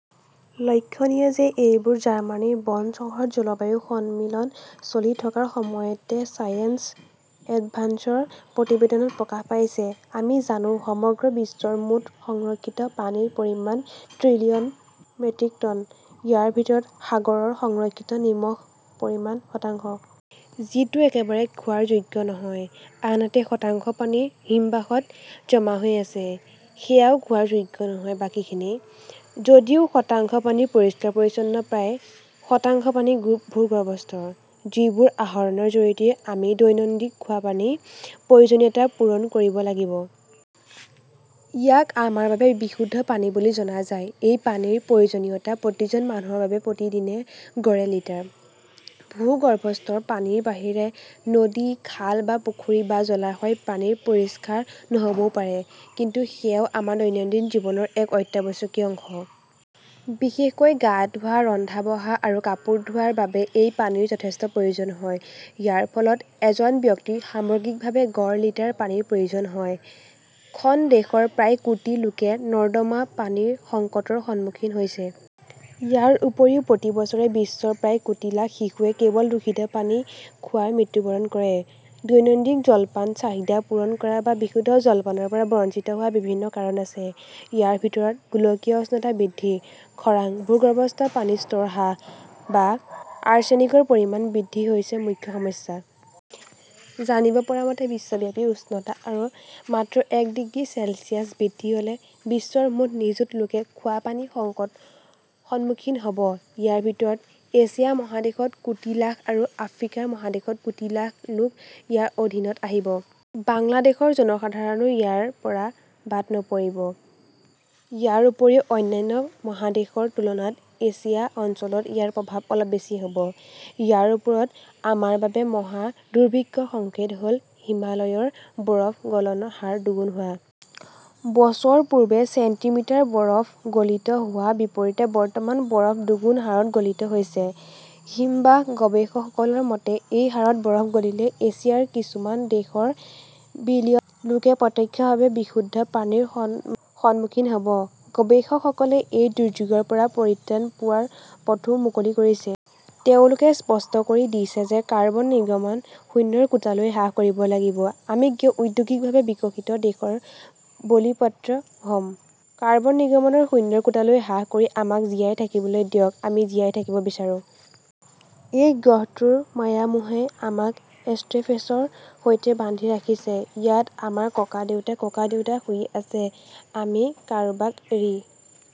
লক্ষণীয় যে এইবোৰ জাৰ্মানীৰ বন চহৰত জলবায়ু সন্মিলন চলি থকাৰ সময়তে ছায়েন্স এডভান্সছৰ প্ৰতিবেদনত প্ৰকাশ পাইছে। আমি জানো, সমগ্ৰ বিশ্বৰ মুঠ সংৰক্ষিত পানীৰ পৰিমাণ ট্ৰিলিয়ন মেট্ৰিক টন। ইয়াৰ ভিতৰত সাগৰত সংৰক্ষিত নিমখৰ পৰিমাণ শতাংশ। যিটো একেবাৰে খোৱাৰ যোগ্য নহয়। আনহাতে, শতাংশ পানী হিমবাহত জমা হৈ আছে। সেয়াও খোৱাৰ যোগ্য নহয়। বাকীখিনি। যদিও শতাংশ পানী পৰিষ্কাৰ-পৰিচ্ছন্ন, প্ৰায়। শতাংশ পানী ভূগৰ্ভস্থ। যিবোৰ আহৰণৰ জৰিয়তে আমি দৈনন্দিন খোৱা পানীৰ প্ৰয়োজনীয়তা পূৰণ কৰিব লাগিব। ইয়াক আমাৰ বাবে বিশুদ্ধ পানী বুলি জনা যায়। এই পানীৰ প্ৰয়োজনীয়তা প্ৰতিজন মানুহৰ বাবে প্ৰতিদিনে গড়ে লিটাৰ। ভূগৰ্ভস্থ পানীৰ বাহিৰে নদী, খাল বা পুখুৰী বা জলাশয়ৰ পানী পৰিষ্কাৰ নহ 'বও পাৰে। কিন্তু সেয়াও আমাৰ দৈনন্দিন জীৱনৰ এক অত্যাৱশ্যকীয় অংশ। বিশেষকৈ গা ধোৱা, ৰন্ধা-বঢ়া আৰু কাপোৰ ধোৱাৰ বাবে এই পানীৰ যথেষ্ট প্ৰয়োজন হয়। ইয়াৰ ফলত এজন ব্যক্তিৰ সামগ্ৰিকভাৱে গড় লিটাৰ পানীৰ প্ৰয়োজন হয়। খন দেশৰ প্ৰায় কোটি লোকে নৰ্দমা পানীৰ সংকটৰ সন্মুখীন হৈছে। ইয়াৰ উপৰিও প্ৰতি বছৰে বিশ্বৰ প্ৰায় কোটি লাখ শিশুৱে কেৱল দূষিত পানী খোৱাই মৃত্যুবৰণ কৰে। দৈনন্দিন জলপানৰ চাহিদা পূৰণ কৰা বা বিশুদ্ধ জলপানৰ পৰা বঞ্চিত হোৱাৰ বিভিন্ন কাৰণ আছে। ইয়াৰ ভিতৰত গোলকীয় উষ্ণতা বৃদ্ধি, খৰাং, ভূগৰ্ভস্থ পানীৰ স্তৰ হ্ৰাস বা আৰ্ছেনিকৰ পৰিমাণ বৃদ্ধি হৈছে মুখ্য সমস্যা। জানিব পৰা মতে, বিশ্বব্যাপী উষ্ণতা আৰু মাত্ৰ এক ডিগ্ৰী চেলছিয়াছ বৃদ্ধি হ "লে বিশ্বৰ মুঠ নিযুত লোকে খোৱা পানীৰ সংকটৰ সন্মুখীন হ" ব। ইয়াৰ ভিতৰত এছিয়া মহাদেশত কোটি লাখ আৰু আফ্ৰিকা মহাদেশত কোটি লাখ লোক ইয়াৰ অধীনত আহিব। বাংলাদেশৰ জনসাধাৰণো ইয়াৰ পৰা বাদ নপৰিব। ইয়াৰ উপৰিও অন্যান্য মহাদেশৰ তুলনাত এছিয়ান অঞ্চলত ইয়াৰ প্ৰভাৱ অলপ বেছি হ "ব। ইয়াৰ ওপৰত আমাৰ বাবে মহা দুৰ্ভিক্ষৰ সংকেত হ "ল হিমালয়ৰ বৰফ গলনৰ হাৰ দুগুণ হোৱা। বছৰ পূৰ্বে চেণ্টিমিটাৰ বৰফ গলিত হোৱাৰ বিপৰীতে বৰ্তমান বৰফ দুগুণ হাৰত গলিত হৈছে। হিমবাহ গৱেষকসকলৰ মতে-এই হাৰত বৰফ গলিলে এছিয়াৰ কিছুমান দেশৰ বিলিয়ন লোকে প্ৰত্যক্ষভাৱে বিশুদ্ধ পানীৰ সমস্যাৰ সন্মুখীন হ 'ব। গৱেষকসকলে এই দুৰ্যোগৰ পৰা পৰিত্ৰাণ পোৱাৰ পথও মুকলি কৰিছে। তেওঁলোকে স্পষ্ট কৰি দিছে যে কাৰ্বন নিৰ্গমন শূন্যৰ কোটালৈ হ্ৰাস কৰিব লাগিব। আমি কিয় ঔদ্যোগিকভাৱে বিকশিত দেশৰ বলিপত্ৰ হ 'ম! কাৰ্বন নিৰ্গমন শূন্যৰ কোটালৈ হ্ৰাস কৰি আমাক জীয়াই থাকিবলৈ দিয়ক; আমি জীয়াই থাকিব বিচাৰো। এই গ্ৰহটোৰ মায়ামোহাই আমাক এষ্টেফেচৰ সৈতে বান্ধি ৰাখিছে। ইয়াত আমাৰ ককাদেউতা-ককাদেউতা শুই আছে। আমি কাৰোবাক এৰি